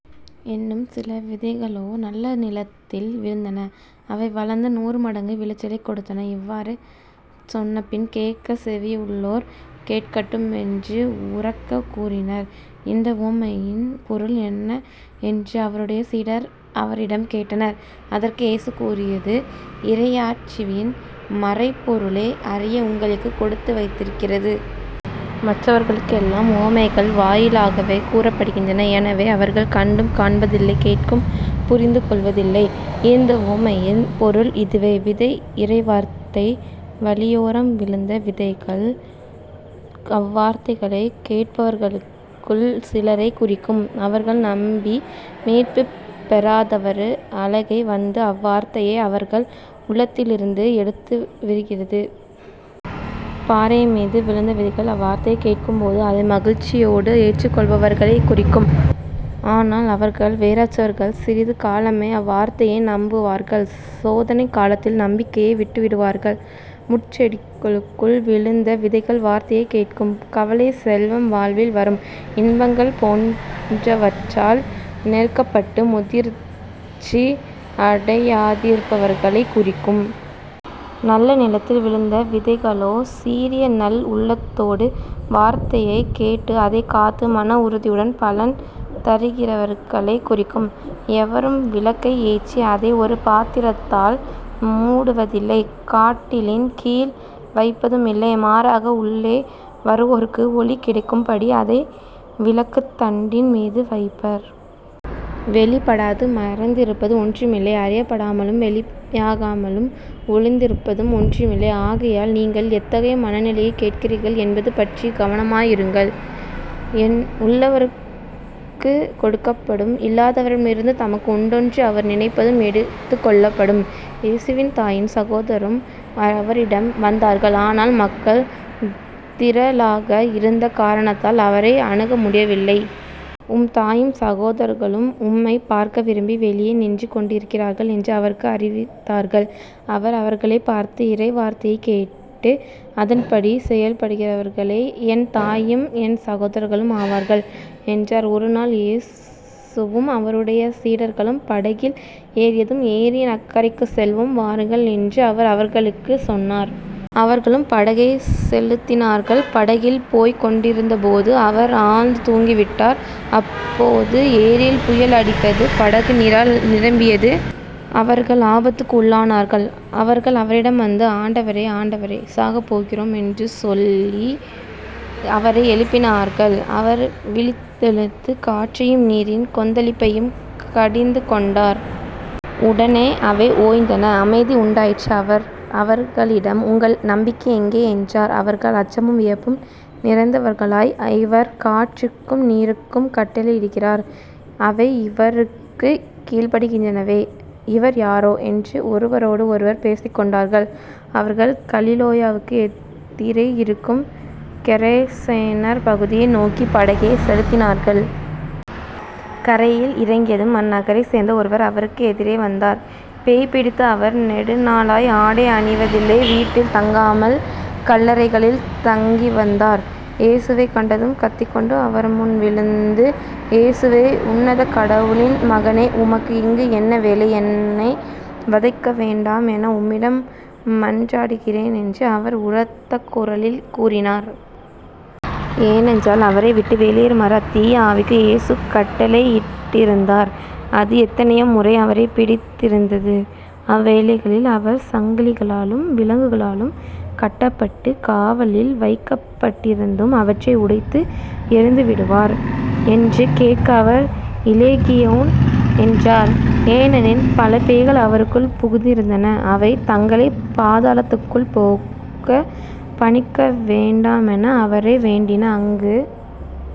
இன்னும் சில விதைகளோ நல்ல நிலத்தில் விழுந்தன. அவை வளர்ந்து நூறு மடங்கு விளைச்சலைக் கொடுத்தன. இவ்வாறு சொன்னபின் கேட்கச் செவியுள்ளோர் கேட்கட்டும் என்று உரக்கக் கூறினார். இந்த உவமையின் பொருள் என்ன என்று அவருடைய சீடர் அவரிடம் கேட்டனர். அதற்கு இயேசு கூறியது இறையாட்சியின் மறைபொருளை அறிய உங்களுக்குக் கொடுத்து வைத்திருக்கிறது. மற்றவர்களுக்கு எல்லாம் உவமைகள் வாயிலாகவே கூறப்படுகின்றன. எனவே அவர்கள் கண்டும் காண்பதில்லை கேட்டும் புரிந்துகொள்வதில்லை. இந்த உவமையின் பொருள் இதுவே விதை இறைவார்த்தை. வழியோரம் விழுந்த விதைகள் அவ்வார்த்தைகளைக் கேட்பவர்களுள் சிலரைக் குறிக்கும். அவர்கள் நம்பி மீட்புப் பெறாதவாறு அலகை வந்து அவ்வார்த்தையை அவர்கள் உள்ளத்திலிருந்து எடுத்துவிடுகிறது. பாறைமீது விழுந்த விதைகள் அவ்வார்த்தையைக் கேட்கும்போது அதை மகிழ்ச்சியோடு ஏற்றுக்கொள்பவர்களைக் குறிக்கும். ஆனால் அவர்கள் வேரற்றவர்கள் சிறிது காலமே அவ்வார்த்தையை நம்புவார்கள் சோதனைக் காலத்தில் நம்பிக்கையை விட்டுவிடுவார்கள். முட்செடிகளுக்குள் விழுந்த விதைகள் வார்த்தையைக் கேட்டும் கவலை செல்வம் வாழ்வில் வரும் இன்பங்கள் போன்றவற்றால் நெருக்கப்பட்டு முதிர்ச்சி அடையாதிருப்பவர்களைக் குறிக்கும். நல்ல நிலத்தில் விழுந்த விதைகளோ சீரிய நல் உள்ளத்தோடு வார்த்தையைக் கேட்டு அதைக் காத்து மன உறுதியுடன் பலன் தருகிறவர்களைக் குறிக்கும். எவரும் விளக்கை ஏற்றி அதை ஒரு பாத்திரத்தால் மூடுவதில்லை கட்டிலின் கீழ் வைப்பதுமில்லை. மாறாக உள்ளே வருவோருக்கு ஒளி கிடைக்கும்படி அதை விளக்குத்தண்டின் மீது வைப்பர். வெளிப்படாது மறைந்திருப்பது ஒன்றுமில்லை. அறியப்படாமலும் வெளியாகாமலும் ஒளிந்திருப்பதும் ஒன்றுமில்லை. ஆகையால் நீங்கள் எத்தகைய மனநிலையில் கேட்கிறீர்கள் என்பது பற்றிக் கவனமாயிருங்கள். உள்ளவருக்குக் கொடுக்கப்படும் இல்லாதவரிடமிருந்து தமக்கு உண்டென்று அவர் நினைப்பதும் எடுத்துக்கொள்ளப்படும். இயேசுவின் தாயும் சகோதரர்களும் அவரிடம் வந்தார்கள். ஆனால் மக்கள் திரளாக இருந்த காரணத்தால் அவரை அணுகமுடியவில்லை. உம்தாயும், சகோதரர்களும் உம்மைப் பார்க்க விரும்பி வெளியே நின்று கொண்டிருக்கிறார்கள் என்று அவருக்கு அறிவித்தார்கள். அவர் அவர்களைப் பார்த்து இறைவார்த்தையைக் கேட்டு அதன்படி செயல்படுகிறவர்களே என் தாயும் என் சகோதரர்களும் ஆவார்கள்" என்றார். ஒரு நாள் இயேசுவும் அவருடைய சீடர்களும் படகில் ஏறியதும் ஏரியின் அக்கரைக்குச் செல்வோம் வாருங்கள் என்று அவர் அவர்களுக்குச் சொன்னார். அவர்களும் படகைச் செலுத்தினார்கள். படகில் போய்க் கொண்டிருந்தபோது அவர் ஆழ்ந்து தூங்கிவிட்டார். அப்பொழுது ஏரியில் புயல் அடித்தது. படகு நீரால் நிரம்பியது. அவர்கள் ஆபத்துக்கு உள்ளானார்கள். அவர்கள் அவரிடம் வந்து ஆண்டவரே ஆண்டவரே சாகப் போகிறோம் என்று சொல்லி அவரை எழுப்பினார்கள். அவர் விழித்தெழுந்து காற்றையும் நீரின் கொந்தளிப்பையும் கடிந்துகொண்டார். உடனே அவை ஓய்ந்தன அமைதி உண்டாயிற்று. அவர் அவர்களிடம் உங்கள் நம்பிக்கை எங்கே? என்றார். அவர்கள் அச்சமும் வியப்பும் நிறைந்தவர்களாய் இவர் காற்றுக்கும் நீருக்கும் கட்டளையிடுகிறார். அவை இவருக்குக் கீழ்ப்படிகின்றனவே. இவர் யாரோ? என்று ஒருவரோடு ஒருவர் பேசிக்கொண்டார்கள். அவர்கள் கலிலேயாவுக்கு எதிரே இருக்கும் கெரசேனர் பகுதியை நோக்கிப் படகைச் செலுத்தினார்கள். கரையில் இறங்கியதும் அந்நகரைச் சேர்ந்த ஒருவர் அவருக்கு எதிரே வந்தார். பேய் பிடித்த அவர் நெடுநாளாய் ஆடை அணிவதில்லை வீட்டில் தங்காமல் கல்லறைகளில் தங்கிவந்தார். இயேசுவைக் கண்டதும் கத்திக்கொண்டு அவர்முன் விழுந்து இயேசுவே உன்னத கடவுளின் மகனே உமக்கு இங்கு என்ன வேலை? என்னை வதைக்க வேண்டாம் என உம்மிடம் மன்றாடுகிறேன் என்று அவர் உரத்த குரலில் கூறினார். ஏனென்றால், அவரைவிட்டு வெளியேறுமாறு அத்தீய ஆவிக்கு இயேசு கட்டளையிட்டிருந்தார். அது எத்தனையோ முறை அவரைப் பிடித்திருந்தது. அவ்வேளைகளில் அவர் சங்கிலிகளாலும் விலங்குகளாலும் கட்டப்பட்டுக் காவலில் வைக்கப்பட்டிருந்தும் அவற்றை உடைத்து எறிந்துவிடுவார். என்று கேட்க அவர் இலேகியோன் என்றார். ஏனெனில் பல பேய்கள் அவருக்குள் புகுந்திருந்தன. அவை தங்களைப் பாதாளத்துக்குள் போகப் பணிக்கவேண்டாமென அவரை வேண்டின. அங்கு